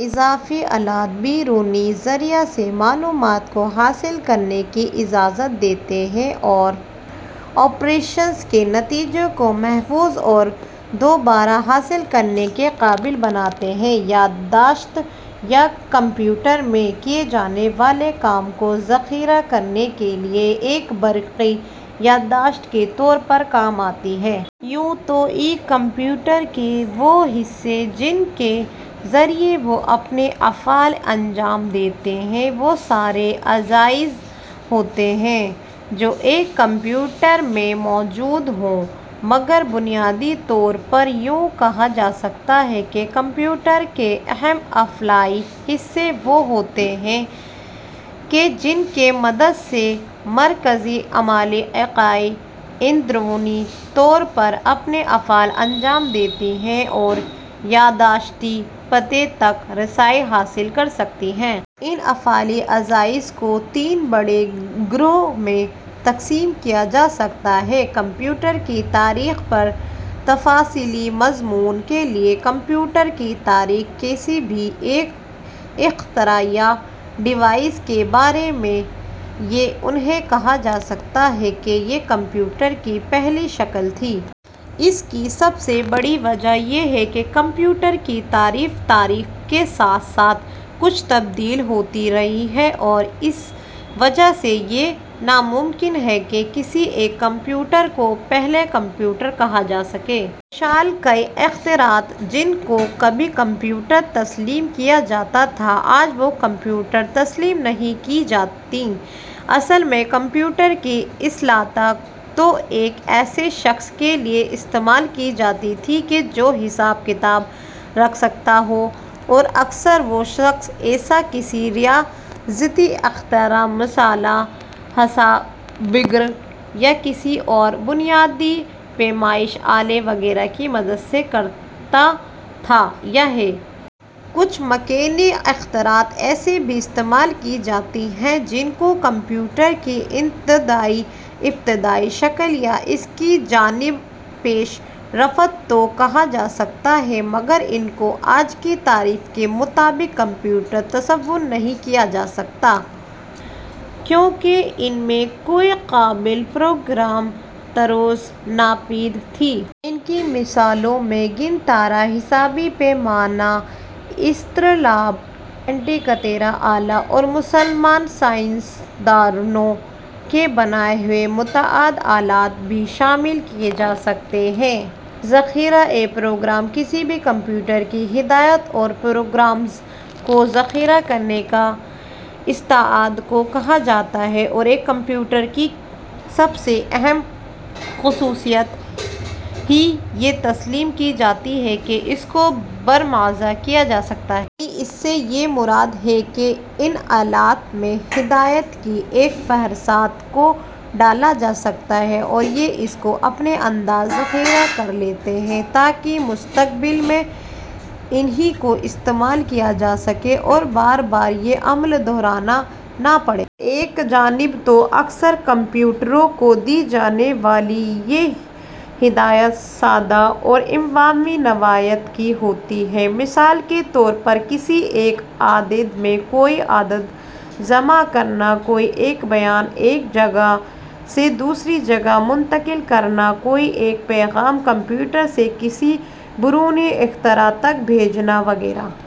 اضافی آلات بیرونی ذرائع سے معلومات کو حاصل کرنے کی اجازت دیتے ہیں اور آپریشنز کے نتائج کو محفوظ اور دوبارہ حاصل کرنے کے قابل بناتے ہیں۔ یاداشت ، یہ کمپیوٹر میں کیے جانے والے کام کو ذخیرہ کرنے کے لیے ایک برقی یاداشت کے طور پر کام آتی ہے۔ یوں تو یک کمپیوٹر کے وہ حصے جن کے ذریعہ وہ اپنے افعال انجام دیتا ہے وہ سارے اجزاء ہوتے ہیں جو ایک کمپیوٹر میں موجود ہوں۔ مگر بنیادی طور پر یوں کہا جا سکتا ہے کہ کمپیوٹر کے اہم افعالی حصے وہ ہوتے ہیں کہ جن کی مدد سے مرکزی عملی اکائی اندرونی طور پر اپنے افعال انجام دیتی ہے اور یاداشتی پتے تک رسائی حاصل کرسکتی ہے۔ ان فعالی اجزاء کو تین بڑے گروہوں میں تقسیم کیا جا سکتا ہے۔ کمپیوٹر کی تاریخ پر تفصیلی مضمون کے لیے کمپیوٹر کی تاریخ کسی بھی ایک اختراع یا ڈیوائس کے بارے میں یہ نہیں کہا جا سکتا کہ یہ کمپیوٹر کی پہلی شکل تھی۔ اس کی سب سے بڑی وجہ یہ ہے کہ کمپیوٹر کی تعریف تاریخ کے ساتھ ساتھ کچھ تبدیل ہوتی رہی ہے اور اسی وجہ سے یہ ناممکن ہے کہ کسی ایک کمپیوٹر کو پہلا کمپیوٹر کہا جاسکے۔ مثلاً کئی اختراعات جن کو کبھی کمپیوٹر تسلیم کیا جاتا تھا آج وہ کمپیوٹر تسلیم نہیں کی جاتیں۔ اصل میں کمپیوٹر کی اصطلاح تو ایک ایسے شخص کے لیے استعمال کی جاتی تھی کہ جو حساب کتاب رکھ سکتا ہو اور اکثر وہ شخص ایسا کسی ریاضیاتی اختراع مثلاً حسابگر یا کسی اور بنیادی پیمائشی آلے وغیرہ کی مدد سے کرتا تھا یا ہے۔ کچھ میکانیکی اختراعات ایسی بھی استعمال کی جاتی رہی ہیں جن کو کمپیوٹر کی انتہائی ابتدائی شکل یا اس کی جانب پیش رفت تو کہا جا سکتا ہے مگر ان کو آج کی تعریف کے مطابق کمپیوٹر تصور نہیں کیا جا سکتا کیونکہ ان میں کوئی قابل پروگرام طرز ناپید تھی۔ ان کی مثالوں میں گنتارا ، حسابی پیمانہ ، اسطرلاب ، انٹیکتیرا آلیہ اور مسلمان سائنسدانوں کے بنائے ہوئے متعدد آلات بھی شامل کیے جا سکتے ہیں،۔ ذخیرۂ پروگرام کسی بھی کمپیوٹر کی ہدایات اور پروگرامز کو ذخیرہ کرنے کی استعداد کو کہا جاتا ہے اور ایک کمپیوٹر کی سب سے اہم خصوصیت ہی یہ تسلیم کی جاتی ہے کہ اس کو برمجہ کیا جا سکتا ہے۔ یعنی اس سے مراد یہ ہے کہ ان آلات میں ہدایات کی ایک فہرست کو ڈالا جا سکتا ہے اور یہ اس کو اپنے اندر ذخیرہ کرلیتے ہیں تاکہ مستقبل میں انھی کو استعمال کیا جاسکے اور بار بار یہ عمل دہرانا نہ پڑے۔ ایک جانب تو اکثر کمپیوٹروں کو دی جانے والی یہ ہدایات سادہ اور عمومی نوعیت کی ہوتی ہیں: مثال کے طور پر کسی ایک عدد میں کوئی عدد جمع کرنا، کوئی ایک بیان ایک جگہ سے دوسری جگہ منتقل کرنا، کوئی ایک پیغام کمپیوٹر سے کسی بیرونی اختراع تک بھیجنا وغیرہ۔